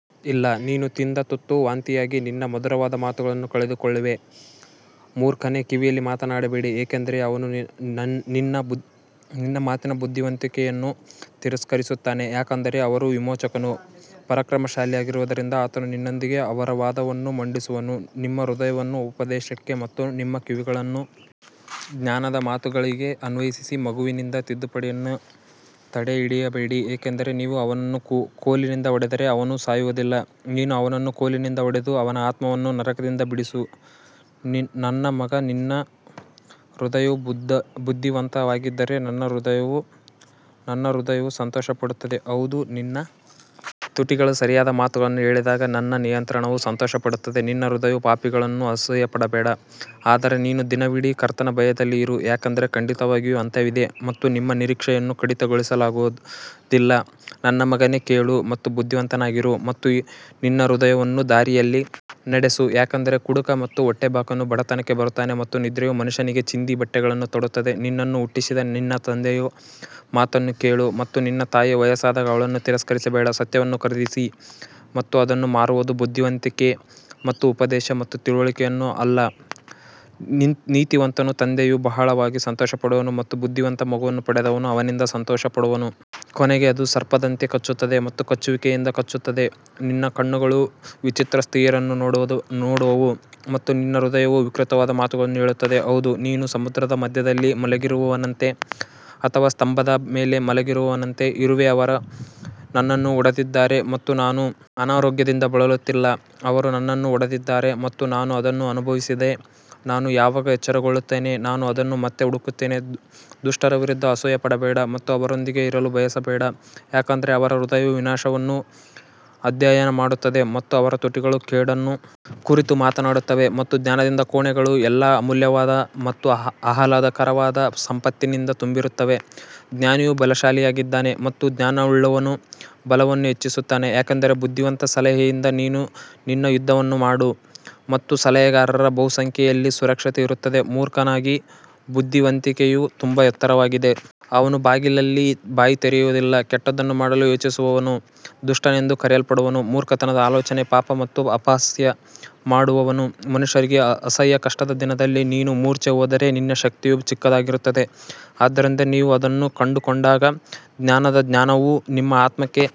ಇಲ್ಲ ನೀನು ತಿಂದ ತುತ್ತು ವಾಂತಿಯಾಗಿ ನಿನ್ನ ಮಧುರವಾದ ಮಾತುಗಳನ್ನು ಕಳೆದುಕೊಳ್ಳುವೆ ಮೂರ್ಖನ ಕಿವಿಯಲ್ಲಿ ಮಾತನಾಡಬೇಡಿ ಏಕೆಂದರೆ ಅವನು ನಿನ್ನ ಮಾತಿನ ಬುದ್ಧಿವಂತಿಕೆಯನ್ನು ತಿರಸ್ಕರಿಸುತ್ತಾನೆ ಯಾಕಂದರೆ ಅವರ ವಿಮೋಚಕನು ಪರಾಕ್ರಮಶಾಲಿಯಾಗಿರುವುದರಿಂದ ಆತನು ನಿನ್ನೊಂದಿಗೆ ಅವರ ವಾದವನ್ನು ಮಂಡಿಸುವನು ನಿಮ್ಮ ಹೃದಯವನ್ನು ಉಪದೇಶಕ್ಕೆ ಮತ್ತು ನಿಮ್ಮ ಕಿವಿಗಳನ್ನು ಜ್ಞಾನದ ಮಾತುಗಳಿಗೆ ಅನ್ವಯಿಸಿ ಮಗುವಿನಿಂದ ತಿದ್ದುಪಡಿಯನ್ನು ತಡೆಹಿಡಿಯಬೇಡಿ ಏಕೆಂದರೆ ನೀವು ಅವನನ್ನು ಕೋಲಿನಿಂದ ಹೊಡೆದರೆ ಅವನು ಸಾಯುವುದಿಲ್ಲ ನೀನು ಅವನನ್ನು ಕೋಲಿನಿಂದ ಹೊಡೆದು ಅವನ ಆತ್ಮವನ್ನು ನರಕದಿಂದ ಬಿಡಿಸು ನನ್ನ ಮಗ ನಿನ್ನ ಹೃದಯವು ಬುದ್ಧಿವಂತವಾಗಿದ್ದರೆ ನನ್ನ ಹೃದಯವು ನನ್ನ ಹೃದಯವೂ ಸಂತೋಷಪಡುತ್ತದೆ ಹೌದು ನಿನ್ನ ತುಟಿಗಳು ಸರಿಯಾದ ಮಾತುಗಳನ್ನು ಹೇಳಿದಾಗ ನನ್ನ ನಿಯಂತ್ರಣವು ಸಂತೋಷಪಡುತ್ತದೆ ನಿನ್ನ ಹೃದಯವು ಪಾಪಿಗಳನ್ನು ಅಸೂಯೆಪಡಬೇಡ, ಆದರೆ ನೀನು ದಿನವಿಡೀ ಕರ್ತನ ಭಯದಲ್ಲಿ ಇರು ಯಾಕಂದರೆ ಖಂಡಿತವಾಗಿಯೂ ಅಂತ್ಯವಿದೆ ಮತ್ತು ನಿಮ್ಮ ನಿರೀಕ್ಷೆಯನ್ನು ಕಡಿತಗೊಳಿಸಲಾಗುವುದಿಲ್ಲ ನನ್ನ ಮಗನೇ ಕೇಳು ಮತ್ತು ಬುದ್ಧಿವಂತನಾಗಿರು ಮತ್ತು ನಿನ್ನ ಹೃದಯವನ್ನು ದಾರಿಯಲ್ಲಿ ನಡೆಸು ಯಾಕಂದರೆ ಕುಡುಕ ಮತ್ತು ಹೊಟ್ಟೆಬಾಕನು ಬಡತನಕ್ಕೆ ಬರುತ್ತಾನೆ ಮತ್ತು ನಿದ್ರೆಯು ಮನುಷ್ಯನಿಗೆ ಚಿಂದಿ ಬಟ್ಟೆಗಳನ್ನು ತೊಡುತ್ತದೆ ನಿನ್ನನ್ನು ಹುಟ್ಟಿಸಿದ ನಿನ್ನ ತಂದೆಯ ಮಾತನ್ನು ಕೇಳು ಮತ್ತು ನಿನ್ನ ತಾಯಿಯು ವಯಸ್ಸಾದಾಗ ಅವಳನ್ನು ತಿರಸ್ಕರಿಸಬೇಡ ಸತ್ಯವನ್ನು ಖರೀದಿಸಿ ಮತ್ತು ಅದನ್ನು ಮಾರುವುದು ಬುದ್ಧಿವಂತಿಕೆ ಮತ್ತು ಉಪದೇಶ ಮತ್ತು ತಿಳುವಳಿಕೆಯನ್ನು ಅಲ್ಲ ನೀತಿವಂತನ ತಂದೆಯು ಬಹಳವಾಗಿ ಸಂತೋಷಪಡುವನು ಮತ್ತು ಬುದ್ಧಿವಂತ ಮಗುವನ್ನು ಪಡೆದವನು ಅವನಿಂದ ಸಂತೋಷಪಡುವನು. ಕೊನೆಗೆ ಅದು ಸರ್ಪದಂತೆ ಕಚ್ಚುತ್ತದೆ ಮತ್ತು ಕಚ್ಚುವಿಕೆಯಂತೆ ಕಚ್ಚುತ್ತದೆ ನಿನ್ನ ಕಣ್ಣುಗಳು ವಿಚಿತ್ರ ಸ್ತ್ರೀಯರನ್ನು ನೋಡುವವು ಮತ್ತು ನಿನ್ನ ಹೃದಯವು ವಿಕೃತವಾದ ಮಾತುಗಳನ್ನು ಹೇಳುತ್ತದೆ ಹೌದು ನೀನು ಸಮುದ್ರದ ಮಧ್ಯದಲ್ಲಿ ಮಲಗಿರುವವನಂತೆ ಅಥವಾ ಸ್ತಂಭದ ಮೇಲೆ ಮಲಗಿರುವವನಂತೆ ಇರುವೆ ಅವರು ನನ್ನನ್ನು ಹೊಡೆದಿದ್ದಾರೆ ಮತ್ತು ನಾನು ಅನಾರೋಗ್ಯದಿಂದ ಬಳಲುತ್ತಿಲ್ಲ, ಅವರು ನನ್ನನ್ನು ಹೊಡೆದಿದ್ದಾರೆ ಮತ್ತು ನಾನು ಅದನ್ನು ಅನುಭವಿಸಿದೆ ನಾನು ಯಾವಾಗ ಎಚ್ಚರಗೊಳ್ಳುತ್ತೇನೆ ನಾನು ಅದನ್ನು ಮತ್ತೆ ಹುಡುಕುತ್ತೇನೆ ದುಷ್ಟರ ವಿರುದ್ಧ ಅಸೂಯೆಪಡಬೇಡ ಮತ್ತು ಅವರೊಂದಿಗೆ ಇರಲು ಬಯಸಬೇಡ ಯಾಕಂದರೆ ಅವರ ಹೃದಯವು ವಿನಾಶವನ್ನು ಅಧ್ಯಯನ ಮಾಡುತ್ತದೆ ಮತ್ತು ಅವರ ತುಟಿಗಳು ಕೇಡನ್ನು ಕುರಿತು ಮಾತನಾಡುತ್ತವೆ ಮತ್ತು ಜ್ಞಾನದಿಂದ ಕೋಣೆಗಳು ಎಲ್ಲಾ ಅಮೂಲ್ಯವಾದ ಮತ್ತು ಆಹ್ಲಾದಕರವಾದ ಸಂಪತ್ತಿನಿಂದ ತುಂಬಿರುತ್ತವೆ ಜ್ಞಾನಿಯು ಬಲಶಾಲಿಯಾಗಿದ್ದಾನೆ ಮತ್ತು ಜ್ಞಾನವುಳ್ಳವನು ಬಲವನ್ನು ಹೆಚ್ಚಿಸುತ್ತಾನೆ ಯಾಕಂದರೆ ಬುದ್ಧಿವಂತ ಸಲಹೆಯಿಂದ ನೀನು ನಿನ್ನ ಯುದ್ಧವನ್ನು ಮಾಡು ಮತ್ತು ಸಲಹೆಗಾರರ ಬಹುಸಂಖ್ಯೆಯಲ್ಲಿ ಸುರಕ್ಷತೆ ಇರುತ್ತದೆ ಮೂರ್ಖನಿಗೆ ಬುದ್ಧಿವಂತಿಕೆಯು ತುಂಬಾ ಎತ್ತರವಾಗಿದೆ, ಅವನು ಬಾಗಿಲಲ್ಲಿ ಬಾಯಿ ತೆರೆಯುವುದಿಲ್ಲ ಕೆಟ್ಟದ್ದನ್ನು ಮಾಡಲು ಯೋಚಿಸುವವನು ದುಷ್ಟನೆಂದು ಕರೆಯಲ್ಪಡುವನು ಮೂರ್ಖತನದ ಆಲೋಚನೆ ಪಾಪ ಮತ್ತು ಅಪಹಾಸ್ಯ ಮಾಡುವವನು ಮನುಷ್ಯರಿಗೆ ಅಸಹ್ಯ ಕಷ್ಟದ ದಿನದಲ್ಲಿ ನೀನು ಮೂರ್ಛೆ ಹೋದರೆ ನಿನ್ನ ಶಕ್ತಿಯು ಚಿಕ್ಕದಾಗಿರುತ್ತದೆ ಆದ್ದರಿಂದ ನೀವು ಅದನ್ನು ಕಂಡುಕೊಂಡಾಗ ಜ್ಞಾನದ ಜ್ಞಾನವು ನಿಮ್ಮ ಆತ್ಮಕ್ಕೆ